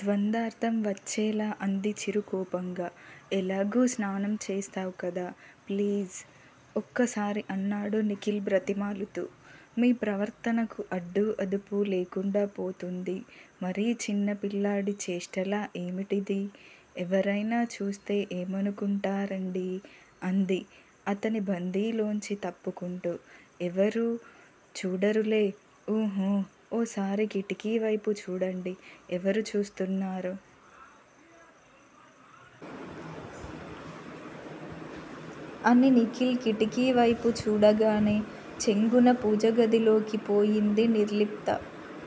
ద్వందార్ధం వచ్చేలా అంది చిరుకోపంగా. ఎలాగూ స్నానం చేస్తావ్ కదా! ప్లీజ్ ఒక్కసారి అన్నాడు నిఖిల్ బ్రతిమాలుతూ. మీ ప్రవర్తనకు అడ్డూ అదుపూ లేకుండాపోతుంది. మరీ చిన్న పిల్లాడి చేష్టలా ఏమిటిది? ఎవరైనాచూస్తే ఏమనుకుంటారండీ అంది అతని బందీలోంచి తప్పుకుంటూ. ఎవరూ చూడరులే. ఊహూ ఓసారి కిటికీ వైపు చూడండి ఎవరు చూస్తున్నారో? అని నిఖిల్ కిటికీ వైపు చూడగానే చెంగున పూజగదిలోకి పోయింది నిర్లిప్త.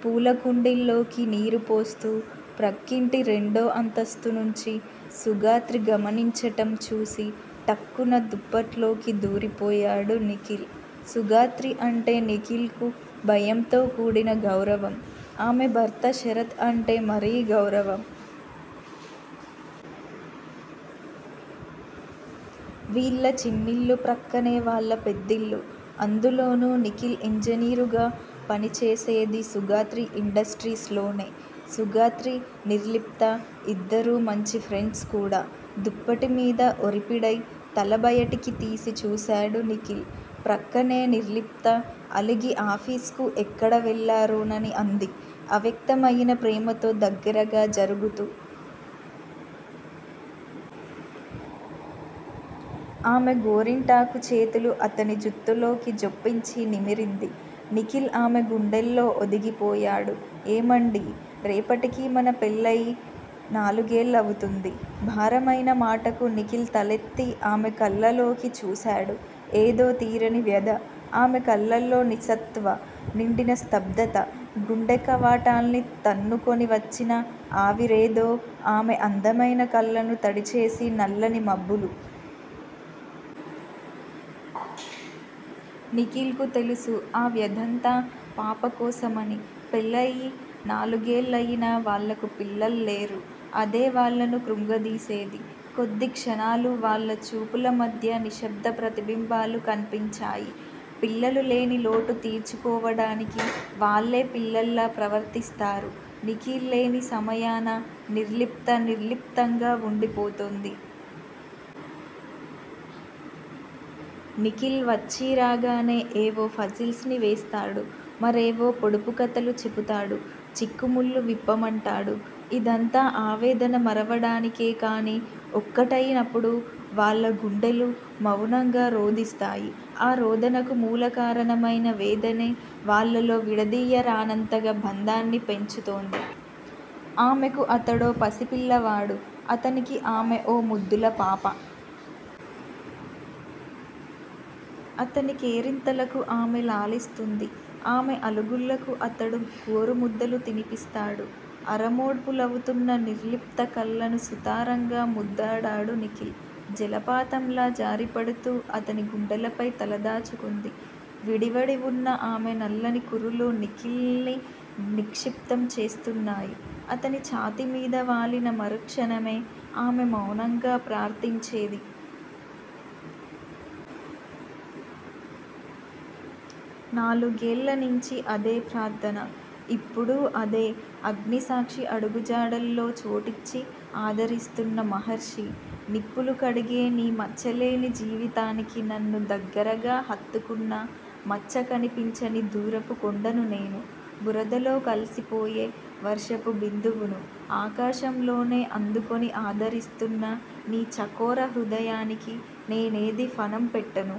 పూల కుండీల్లోకి నీరు పోస్తూ ప్రక్కింటి రెండో అంతస్తు నుంచి సుగాత్రి గమనించటం చూసి ఠక్కున దుప్పట్లోకి దూరిపోయాడు నిఖిల్. సుగాత్రి అంటే నిఖిల్ కు భయంతో కూడిన గౌరవం. ఆమె భర్త శరత్ అంటే మరీ గౌరవం. వీళ్ళ చిన్నిల్లు ప్రక్కనే వాళ్ళ పెద్దిల్లు! అందులోనూ నిఖిల్ ఇంజనీరుగా పనిచేసేది సుగాత్రి ఇండస్ట్రీస్ లోనే. సుగాత్రి, నిర్లిప్తా ఇద్దరూ మంచి ఫ్రెండ్స్ కూడా! దుప్పటిమీద ఒరిపిడై తలబయటికి తీసి చూసాడు నిఖిల్. ప్రక్కనే నిర్లిప్త! అలిగి ఆఫీస్ కు ఎక్కడ వెళ్ళరోనని అంది అవ్యక్తమయిన ప్రేమతో దగ్గరగా జరుగుతూ. ఆమె గోరింటాకు చేతులు అతని జుత్తులోకి జొప్పించి నిమిరింది. నిఖిల్ ఆమె గుండెల్లో ఒదిగిపోయాడు. ఏమండీ రేపటికి మన పెళ్ళయి నాలుగేళ్ళవుతుంది భారమైన మాటకు నిఖిల్ తలెత్తి ఆమె కళ్ళలోకి చూసాడు ఏదో తీరని వ్యధ? ఆమె కళ్ళలో నిస్సత్తువ నిండిన స్థబ్దత గుండె కవాటాల్ని తన్నుకొని వచ్చిన ఆవిరేదో ఆమె అందమైన కళ్ళను తడిచేసి నల్లని మబ్బులు! నిఖిల్ కు తెలుసు ఆ వ్యదంతా పాపకోసమని. పెళ్ళయి నాలుగేళ్ళయినా వాళ్ళకు పిల్లల్లేరు. అదే వాళ్ళను కృంగదీసేది. కొద్ది క్షణాలు వాళ్ళ చూపుల మధ్య నిశ్శబ్ద ప్రతిబింబాలు కన్పించాయి. పిల్లలు లేని లోటు తీర్చుకోవడానికి వాల్లే పిల్లల్లా ప్రవర్తిస్తారు. నిఖిల్ లేని సమయాన నిర్లిప్త నిర్లిప్తంగా వుండిపోతుంది. నిఖిల్ వచ్చీ రాగానే ఏవో ఫజిల్స్ ని వేస్తాడు. మరేవో పొడుపు కథలు చెపుతాడు చిక్కుముళ్ళు విప్పమంటాడు. ఇదంతా ఆవేదన మరవడానికే! కాని ఒక్కటయినపుడు వాళ్ళ గుండెలు మవునంగా రోదిస్తాయి. ఆ రోదనకు మూలకారణమైన వేదనే వాళ్ళలో విడదీయరానంతగా బంధాన్ని పెంచుతోంది. ఆమెకు అతడో పసిపిల్లవాడు అతనికి ఆమె ఓ ముద్దుల పాప. అతని కేరింతలకు ఆమె లాలిస్తుంది. ఆమె అలుగుల్లకు అతడు గోరుముద్దలు తినిపిస్తాడు. అరమోడ్పులవుతున్న నిర్లిప్త కళ్ళను సుతారంగా ముద్దాడాడు నిఖిల్. జలపాతంలా జారిపడుతూ అతని గుండెలపై తలదాచుకుంది. విడివడి వున్న ఆమె నల్లని కురులు నిఖిల్ ని నిక్షిప్తం చేస్తున్నాయి. అతని ఛాతి మీద వాలిన మరుక్షణమే ఆమె మౌనంగా ప్రార్ధించేది. నాలుగేళ్ళనించి అదే ప్రార్ధన! ఇప్పుడూ అదే అగ్నిసాక్షి అడుగుజాడల్లో చోటిచ్చి ఆదరిస్తున్న మహర్షీ! నిప్పులు కడిగే నీ మచ్చలేని జీవితానికి నన్ను దగ్గరగా హత్తుకున్నా మచ్చ కనిపించని దూరపు కొండను నేను! బురదలో కల్సిపోయే వర్షపు బిందువును ఆకాశంలోనే అందుకొని ఆదరిస్తున్న నీ చకోర హృదయానికి నేనేది ఫణం పెట్టను?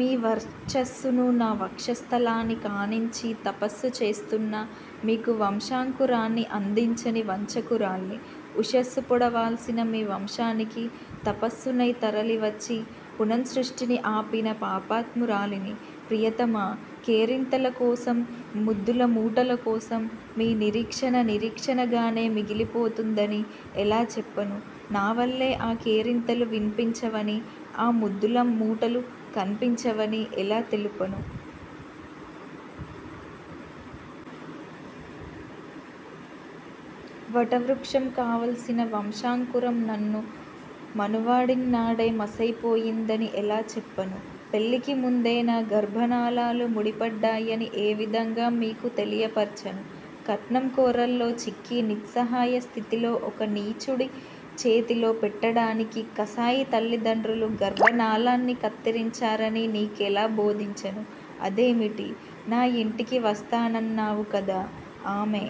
మీ వర్చస్సును నా వక్షస్థలానికానించి తపస్సు చేస్తున్న మీకు వంశాంకురాన్ని అందించని వంచకురాల్ని! ఉషస్సు పొడవాల్సిన మీ వంశానికి తమస్సునై తరలివచ్చి పునఃసృష్టిని ఆపిన పాపాత్మురాలిని! ప్రియతమా! కేరింతలకోసం ముద్దుల మూటల కోసం, మీ నిరీక్షణ నిరీక్షణగానే మిగిలిపోతుందని ఎలా చెప్పను? నా వాళ్ళే ఆ కేరింతలు విన్పించవని ఆ ముద్దుల మూటలు కన్పించవని ఎలా తెలుపను? వట వృక్షం కావాల్సిన వంశాంకురం నన్ను మనువాడిన్నాడే మసైపోయిందని ఎలా చెప్పను? పెళ్ళికి ముందే నా గర్భనాళాలు ముడిపడ్డాయని ఏవిధంగా మీకు తెలియపర్చను? కట్నం కోరల్లో చిక్కి నిస్సహాయ స్థితిలో ఒక నీచుడి చేతిలో పెట్టడానికి కసాయి తల్లిదండ్రులు గర్భనాళాల్ని కత్తిరించారని నీకెలా బోధించను? అదేమిటి? నా యింటికి వస్తానన్నావు కదా! ఆమె